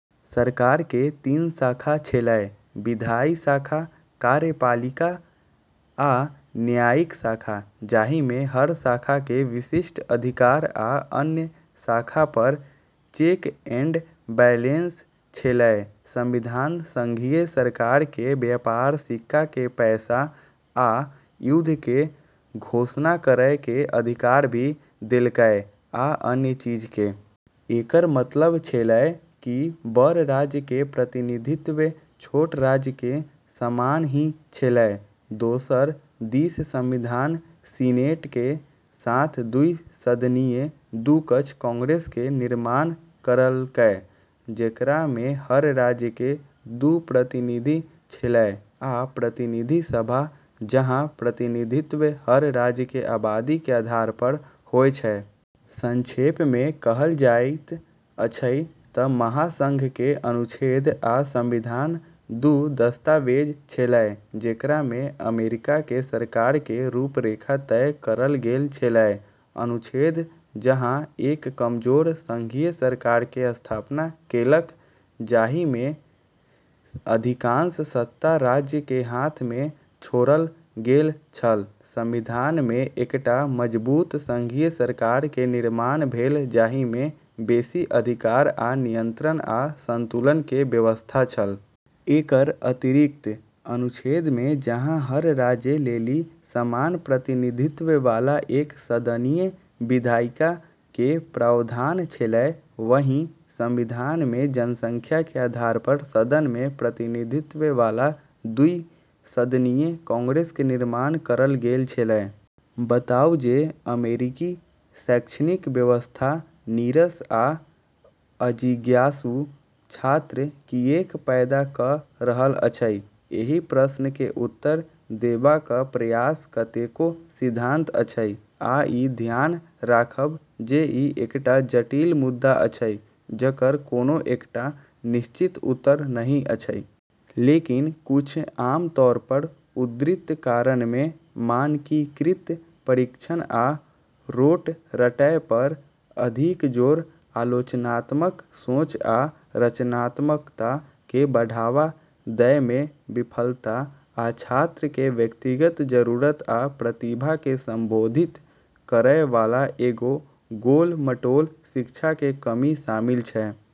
सरकार के तीन शाखा छेलै- विधायी शाखा, कार्यपालिका, आ न्यायिक शाखा- जाहिमे हर शाखा के विशिष्ट अधिकार आ अन्य शाखा पर चेक एंड बैलेंस छेलै। संविधान संघीय सरकार के व्यापार, सिक्का के पैसा, आ युद्ध के घोषणा करै के अधिकार भी देलकै, आ अन्य चीज के। एकर मतलब छेलै कि बड़ राज्य के प्रतिनिधित्व छोट राज्य के समान ही छेलै। दोसर दिस संविधान सीनेट के साथ द्वि सदनीय (दू कक्ष) कांग्रेस के निर्माण करलकै, जेकरा मे हर राज्य के दू प्रतिनिधि छेलै, आ प्रतिनिधि सभा, जहाँ प्रतिनिधित्व हर राज्य के आबादी के आधार पर होय छै। संक्षेप मे कहल जाइत अछि तऽ महासंघ के अनुच्छेद आ संविधान दू दस्तावेज छेलै जेकरा मे अमेरिका के सरकार के रूपरेखा तय करल गेल छेलै। अनुच्छेद जहाँ एक कमजोर संघीय सरकार के स्थापना केलक जाहि मे अधिकांश सत्ता राज्य के हाथ मे छोड़ल गेल छल, संविधान मे एकटा मजबूत संघीय सरकार के निर्माण भेल जाहि मे बेसी अधिकार आ नियंत्रण आ संतुलन के व्यवस्था छल। एकर अतिरिक्त, अनुच्छेद मे जहाँ हर राज्य लेली समान प्रतिनिधित्व वाला एक सदनीय विधायिका के प्रावधान छेलै, वहीं संविधान मे जनसंख्या के आधार पर सदन मे प्रतिनिधित्व वाला द्वि सदनीय कांग्रेस के निर्माण करल गेल छेलै। बताउ जे अमेरिकी शैक्षणिक व्यवस्था "नीरस आ अजिज्ञासु" छात्र किएक पैदा क' रहल अछि। एहि प्रश्न के उत्तर देबाक प्रयास कतेको सिद्धांत अछि, आ ई ध्यान राखब जे ई एकटा जटिल मुद्दा अछि जकर कोनो एकटा निश्चित उत्तर नहि अछि। लेकिन, कुछ आमतौर पर उद्धृत कारण मे मानकीकृत परीक्षण आ रोट रटै पर अधिक जोर, आलोचनात्मक सोच आ रचनात्मकता के बढ़ावा दै मे विफलता, आ छात्र के व्यक्तिगत जरूरत आ प्रतिभा के संबोधित करय वाला एगो गोल-मटोल शिक्षा के कमी शामिल छै।